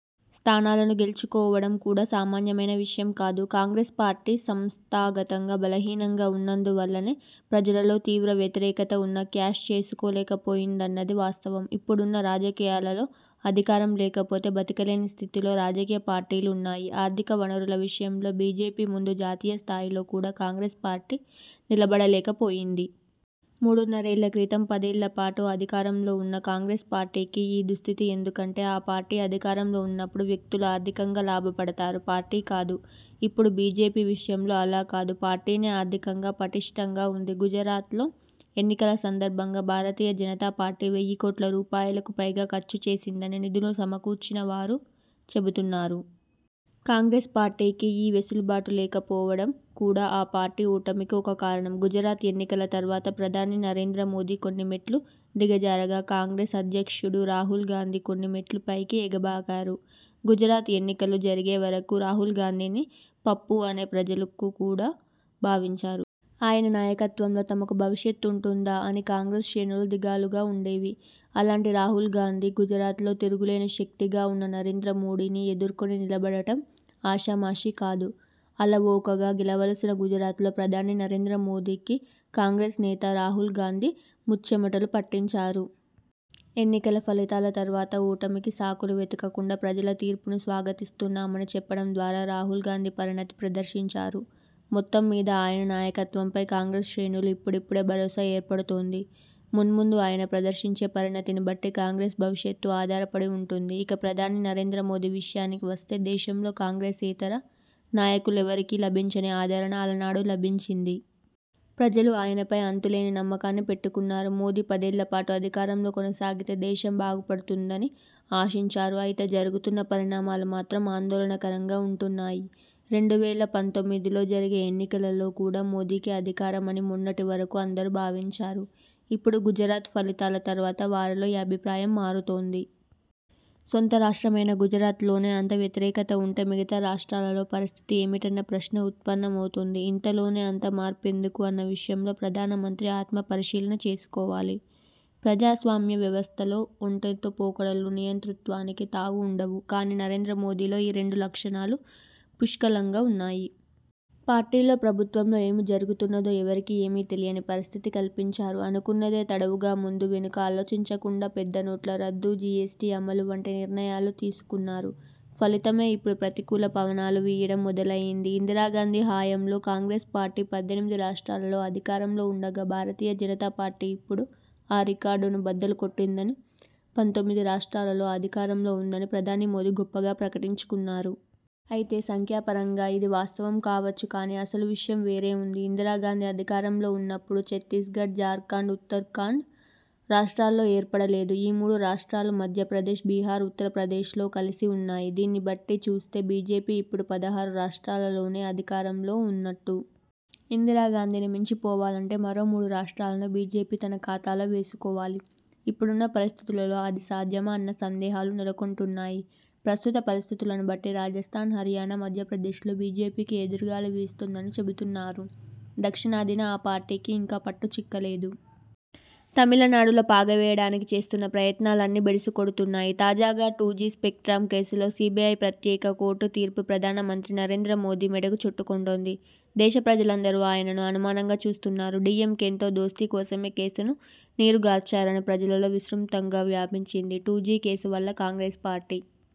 స్థానాలను గెల్చుకోవడం కూడా సామాన్యమైన విషయం కాదు. కాంగ్రెస్ పార్టీ సంస్థాగతంగా బలహీనంగా ఉన్నందు వల్లనే ప్రజలలో తీవ్ర వ్యతిరేకత ఉన్నా క్యాష్ చేసుకోలేక పోయిందన్నది వాస్తవం. ఇప్పుడున్న రాజకీయాలలో అధికారం లేకపోతే బతకలేని స్థితిలో రాజకీయ పార్టీలు ఉన్నాయి. ఆర్థిక వనరుల విషయంలో బీజేపీ ముందు జాతీయ స్థాయిలో కూడా కాంగ్రెస్ పార్టీ నిలబడలేక పోయింది. మూడున్నరేళ్ల క్రితం పదేళ్లపాటు అధికారంలో ఉన్న కాంగ్రెస్ పార్టీకి ఈ దుస్థితి ఎందుకంటే, ఆ పార్టీ అధికారంలో ఉన్నప్పుడు వ్యక్తులు ఆర్థికంగా లాభపడతారు. పార్టీ కాదు. ఇప్పుడు బీజేపీ విషయంలో అలా కాదు. పార్టీనే ఆర్థికంగా పటిష్ఠంగా ఉంది. గుజరాత్లో ఎన్నికల సందర్భంగా భారతీయ జనతా పార్టీ వెయ్యి కోట్ల రూపాయలకు పైగా ఖర్చు చేసిందని నిధులు సమకూర్చినవారు చెబుతున్నారు. కాంగ్రెస్ పార్టీకి ఈ వెసులుబాటు లేకపోవడం కూడా ఆ పార్టీ ఓటమికి ఒక కారణం. గుజరాత్ ఎన్నికల తర్వాత ప్రధాని నరేంద్ర మోదీ కొన్ని మెట్లు దిగజారగా, కాంగ్రెస్ అధ్యక్షుడు రాహుల్గాంధీ కొన్ని మెట్లు పైకి ఎగబాకారు. గుజరాత్ ఎన్నికలు జరిగే వరకు రాహుల్గాంధీని పప్పు అనే ప్రజలు కూడా భావించారు. ఆయన నాయకత్వంలో తమకు భవిష్యత్తు ఉంటుందా? అని కాంగ్రెస్ శ్రేణులు దిగాలుగా ఉండేవి. అలాంటి రాహుల్గాంధీ గుజరాత్లో తిరుగులేని శక్తిగా ఉన్న నరేంద్ర మోదీని ఎదుర్కొని నిలబడటం ఆషామాషీ కాదు. అలవోకగా గెలవవలసిన గుజరాత్లో ప్రధాని నరేంద్ర మోదీకి కాంగ్రెస్ నేత రాహుల్గాంధీ ముచ్చెమటలు పట్టించారు. ఎన్నికల ఫలితాల తర్వాత ఓటమికి సాకులు వెతకకుండా ప్రజల తీర్పును స్వాగతిస్తున్నామని చెప్పడం ద్వారా రాహుల్గాంధీ పరిణతి ప్రదర్శించారు. మొత్తం మీద ఆయన నాయకత్వంపై కాంగ్రెస్ శ్రేణులకు ఇప్పుడిప్పుడే భరోసా ఏర్పడుతోంది. మున్ముందు ఆయన ప్రదర్శించే పరిణతిని బట్టి కాంగ్రెస్ భవిష్యత్తు ఆధారపడి ఉంటుంది. ఇక ప్రధాని నరేంద్ర మోదీ విషయానికి వస్తే దేశంలో కాంగ్రెసేతర నాయకులెవరికీ లభించని ఆదరణ అలనాడు లభించింది. ప్రజలు ఆయనపై అంతులేని నమ్మకాన్ని పెట్టుకున్నారు. మోదీ పదేళ్లపాటు అధికారంలో కొనసాగితే దేశం బాగుపడుతుందని ఆశించారు. అయితే జరుగుతున్న పరిణామాలు మాత్రం ఆందోళనకరంగా ఉంటున్నాయి. రెండు వేల పంతొమ్మిదిలో జరిగే ఎన్నికలలో కూడా మోదీకే అధికారం అని మొన్నటి వరకు అందరూ భావించారు. ఇప్పుడు గుజరాత్ ఫలితాల తర్వాత వారిలో ఈ అభిప్రాయం మారుతోంది. సొంత రాష్ట్రమైన గుజరాత్లోనే అంత వ్యతిరేకత ఉంటే మిగతా రాష్ర్టాలలో పరిస్థితి ఏమిటన్న ప్రశ్న ఉత్పన్నమవుతోంది. ఇంతలోనే అంత మార్పు ఎందుకు? అన్న విషయంలో ప్రధానమంత్రి ఆత్మ పరిశీలన చేసుకోవాలి. ప్రజాస్వామ్య వ్యవస్థలో ఒంటెత్తు పోకడలు, నియంతృత్వానికి తావు ఉండదు. కానీ నరేంద్ర మోదీలో ఈ రెండు లక్షణాలూ పుష్కలంగా ఉన్నాయి. పార్టీలో, ప్రభుత్వంలో ఏమి జరుగుతున్నదో ఎవరికీ ఏమీ తెలియని పరిస్థితి కల్పించారు. అనుకున్నదే తడవుగా ముందూ, వెనుకా ఆలోచించకుండా పెద్దనోట్ల రద్దు, జీఎస్టీ అమలు వంటి నిర్ణయాలు తీసుకున్నారు. ఫలితమే ఇప్పుడు ప్రతికూల పవనాలు వీయడం మొదలయ్యింది. ఇందిరాగాంధీ హయాంలో కాంగ్రెస్ పార్టీ పద్దెనిమిది రాష్ర్టాలలో అధికారంలో ఉండగా, భారతీయ జనతా పార్టీ ఇప్పుడు ఆ రికార్డును బద్దలు కొట్టిందనీ, పంతొమ్మిది రాష్ర్టాలలో అధికారంలో ఉందనీ ప్రధాని మోదీ గొప్పగా ప్రకటించుకున్నారు. అయితే సంఖ్యాపరంగా ఇది వాస్తవం కావచ్చు గానీ అసలు విషయం వేరే ఉంది. ఇందిరాగాంధీ అధికారంలో ఉన్నప్పుడు ఛత్తీస్గఢ్, జార్ఖండ్, ఉత్తరాఖండ్ రాష్ర్టాలు ఏర్పడలేదు. ఈ మూడు రాష్ర్టాలు మధ్యప్రదేశ్, బిహార్, ఉత్తరప్రదేశ్లో కలిసి ఉన్నాయి. దీన్నిబట్టి చూస్తే బీజేపీ ఇప్పుడు పదహారు రాష్ర్టాలలోనే అధికారంలో ఉన్నట్టు! ఇందిరాగాంధీని మించి పోవాలంటే మరో మూడు రాష్ర్టాలను బీజేపీ తన ఖాతాలో వేసుకోవాలి. ఇప్పుడున్న పరిస్థితులలో అది సాధ్యమా? అన్న సందేహాలు నెలకొంటున్నాయి. ప్రస్తుత పరిస్థితులను బట్టి రాజస్థాన్, హరియాణ, మధ్యప్రదేశ్లో బీజేపీకి ఎదురుగాలి వీస్తోందని చెబుతున్నారు. దక్షిణాదిన ఆ పార్టీకి ఇంకా పట్టు చిక్కలేదు. తమిళనాడులో పాగా వేయడానికి చేస్తున్న ప్రయత్నాలన్నీ బెడిసి కొడుతున్నాయి. తాజాగా టూ జీ స్పెక్ట్రమ్ కేసులో సీబీఐ ప్రత్యేక కోర్టు తీర్పు ప్రధానమంత్రి నరేంద్ర మోదీ మెడకు చుట్టుకుంటోంది. దేశ ప్రజలందరూ ఆయనను అనుమానంగా చూస్తున్నారు. డీఎంకేతో దోస్తీ కోసమే కేసును నీరుగార్చారని ప్రజలలో విస్తృతంగా వ్యాపించింది. టూ జీ కేసు వల్ల కాంగ్రెస్ పార్టీ